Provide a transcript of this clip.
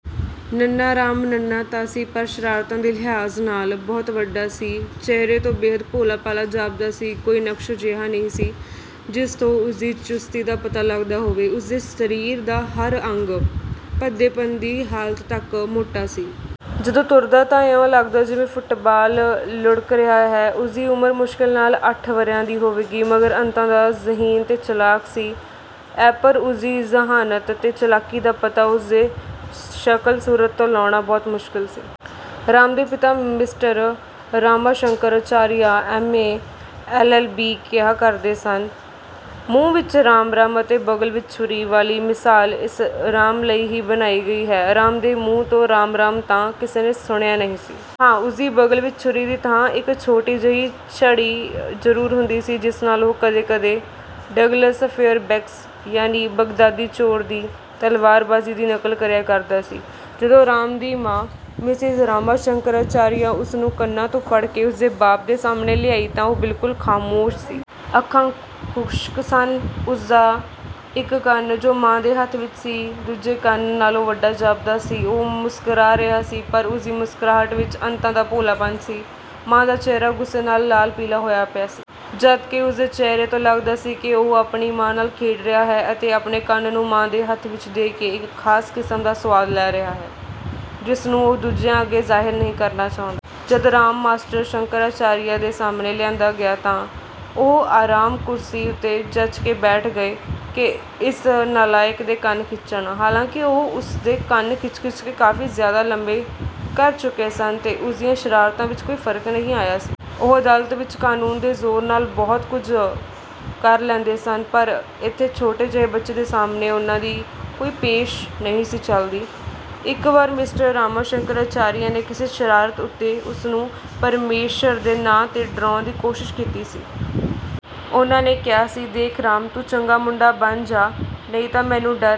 ਨੰਨ੍ਹਾ ਰਾਮ ਨੰਨ੍ਹਾ ਤਾਂ ਸੀ ਪਰ ਸ਼ਰਾਰਤਾਂ ਦੇ ਲਿਹਾਜ਼ ਨਾਲ ਬਹੁਤ ਵੱਡਾ ਸੀ। ਚਿਹਰੇ ਤੋਂ ਬੇਹੱਦ ਭੋਲਾ-ਭਾਲਾ ਜਾਪਦਾ ਸੀ। ਕੋਈ ਨਕਸ਼ ਅਜਿਹਾ ਨਹੀਂ ਸੀ ਜਿਸ ਤੋਂ ਉਸਦੀ ਚੁਸਤੀ ਦਾ ਪਤਾ ਲਗਦਾ ਹੋਵੇ। ਉਸ ਦੇ ਸਰੀਰ ਦਾ ਹਰ ਅੰਗ ਭੱਦੇਪਣ ਦੀ ਹਾਲਤ ਤਕ ਮੋਟਾ ਸੀ। ਜਦੋਂ ਤੁਰਦਾ ਤਾਂ ਇਉਂ ਲਗਦਾ ਜਿਵੇਂ ਫੁੱਟਬਾਲ ਲੁੜ੍ਹਕ ਰਿਹਾ ਹੈ। ਉਸਦੀ ਉਮਰ ਮੁਸ਼ਕਿਲ ਨਾਲ ਅੱਠ ਵਰ੍ਹਿਆਂ ਦੀ ਹੋਵੇਗੀ, ਮਗਰ ਅੰਤਾਂ ਦਾ ਜ਼ਹੀਨ ਤੇ ਚਲਾਕ ਸੀ। ਐਪਰ ਉਸ ਦੀ ਜ਼ਹਾਨਤ ਤੇ ਚਲਾਕੀ ਦਾ ਪਤਾ ਉਸ ਦੇ ਸ਼ਕਲ-ਸੂਰਤ ਤੋਂ ਲਾਉੇਣਾ ਬਹੁਤ ਮੁਸ਼ਕਿਲ ਸੀ। ਰਾਮ ਦੇ ਪਿਤਾ mister Rama Shankar Acharya MA LLB ਕਿਹਾ ਕਰਦੇ ਸਨ, "ਮੂੰਹ ਵਿਚ ਰਾਮ-ਰਾਮ ਅਤੇ ਬਗ਼ਲ ਵਿਚ ਛੁਰੀ" ਵਾਲੀ ਮਿਸਾਲ ਇਸ ਰਾਮ ਲਈ ਹੀ ਬਣਾਈ ਗਈ ਹੈ। ਰਾਮ ਦੇ ਮੂੰਹ ਤੋਂ ਰਾਮ-ਰਾਮ ਤਾਂ ਕਿਸੇ ਨੇ ਸੁਣਿਆ ਨਹੀਂ ਸੀ। ਹਾਂ, ਉਸ ਦੀ ਬਗ਼ਲ ਵਿਚ ਛੁਰੀ ਦੀ ਥਾਂ ਇਕ ਛੋਟੀ ਜਿਹੀ ਛੜੀ ਜ਼ਰੂਰ ਹੁੰਦੀ ਸੀ ਜਿਸ ਨਾਲ ਉਹ ਕਦੇ-ਕਦੇ ਡਗਲਸ ਫੇਅਰਬੈਂਕਸ ਯਾਨਿ ਬਗ਼ਦਾਦੀ ਚੋਰ ਦੀ ਤਲਵਾਰਬਾਜ਼ੀ ਦੀ ਨਕਲ ਕਰਿਆ ਕਰਦਾ ਸੀ। ਜਦੋਂ ਰਾਮ ਦੀ ਮਾਂ ਮਿਸਿਜ਼ ਰਾਮਾ ਸ਼ੰਕਰ ਅਚਾਰੀਆ ਉਸ ਨੂੰ ਕੰਨਾਂ ਤੋਂ ਫੜ ਕੇ ਉਸ ਦੇ ਬਾਪ ਦੇ ਸਾਹਮਣੇ ਲਿਆਈ ਤਾਂ ਉਹ ਬਿਲਕੁਲ ਖਾਮੋਸ਼ ਸੀ। ਅੱਖਾਂ ਖੁਸ਼ਕ ਸਨ। ਉਸ ਦਾ ਇਕ ਕੰਨ ਜੋ ਮਾਂ ਦੇ ਹੱਥ ਵਿਚ ਸੀ, ਦੂਜੇ ਕੰਨ ਨਾਲੋਂ ਵੱਡਾ ਜਾਪਦਾ ਸੀ। ਉਹ ਮੁਸਕਰਾ ਰਿਹਾ ਸੀ ਪਰ ਉਸ ਦੀ ਮੁਸਕਰਾਹਟ ਵਿਚ ਅੰਤਾਂ ਦਾ ਭੋਲਾਪਣ ਸੀ। ਮਾਂ ਦਾ ਚਿਹਰਾ ਗੁੱਸੇ ਨਾਲ ਲਾਲ-ਪੀਲਾ ਹੋਇਆ ਪਿਆ ਸੀ। ਜਦਕਿ ਉਸ ਦੇ ਚਿਹਰੇ ਤੋਂ ਲਗਦਾ ਸੀ ਕਿ ਉਹ ਆਪਣੀ ਮਾਂ ਨਾਲ ਖੇਡ ਰਿਹਾ ਹੈ ਅਤੇ ਆਪਣੇ ਕੰਨ ਨੂੰ ਮਾਂ ਦੇ ਹੱਥ ਵਿਚ ਦੇ ਕੇ ਇਕ ਖਾਸ ਕਿਸਮ ਦਾ ਸੁਆਦ ਲੈ ਰਿਹਾ ਹੈ ਜਿਸ ਨੂੰ ਉਹ ਦੂਜਿਆਂ ਅੱਗੇ ਜ਼ਾਹਿਰ ਨਹੀਂ ਕਰਨਾ ਚਾਹੁੰਦਾ। ਜਦ ਰਾਮ ਮਿਸਟਰ ਸ਼ੰਕਰ ਆਚਾਰੀਆ ਦੇ ਸਾਹਮਣੇ ਲਿਆਂਦਾ ਗਿਆ ਤਾਂ ਉਹ ਆਰਾਮ ਕੁਰਸੀ ਉਤੇ ਜਚ ਕੇ ਬੈਠ ਗਏ ਕਿ ਇਸ ਨਾਲਾਇਕ ਦੇ ਕੰਨ ਖਿੱਚਣ। ਹਾਲਾਂਕਿ ਉਹ ਉਸ ਦੇ ਕੰਨ ਖਿੱਚ-ਖਿੱਚ ਕੇ ਕਾਫੀ ਜ਼ਿਆਦਾ ਲੰਮੇ ਕਰ ਚੁੱਕੇ ਸਨ ਤੇ ਉਸ ਦੀਆਂ ਸ਼ਰਾਰਤਾਂ ਵਿਚ ਕੋਈ ਫਰਕ ਨਹੀਂ ਆਇਆ ਸੀ। ਉਹ ਅਦਾਲਤ ਵਿਚ ਕਾਨੂੰਨ ਦੇ ਜ਼ੋਰ ਨਾਲ ਬਹੁਤ ਕੁਝ ਕਰ ਲੈਂਦੇ ਸਨ ਪਰ ਇਥੇ ਛੋਟੇ ਜਿਹੇ ਬੱਚੇ ਦੇ ਸਾਹਮਣੇ ਉਨ੍ਹਾਂ ਦੀ ਕੋਈ ਪੇਸ਼ ਨਹੀਂ ਸੀ ਚਲਦੀ। ਇਕ ਵਾਰ ਮਿਸਟਰ ਰਾਮਾ ਸ਼ੰਕਰ ਅਚਾਰੀਆ ਨੇ ਕਿਸੇ ਸ਼ਰਾਰਤ ਉਤੇ ਉਸ ਨੂੰ ਪਰਮੇਸ਼ਰ ਦੇ ਨਾਂ 'ਤੇ ਡਰਾਉਣ ਦੀ ਕੋਸ਼ਿਸ਼ ਕੀਤੀ ਸੀ। ਉਨ੍ਹਾਂ ਨੇ ਕਿਹਾ ਸੀ, "ਦੇਖ ਰਾਮ, ਤੂੰ ਚੰਗਾ ਮੁੰਡਾ ਬਣ ਜਾਹ, ਨਹੀਂ ਤਾਂ ਮੈਨੂੰ ਡਰ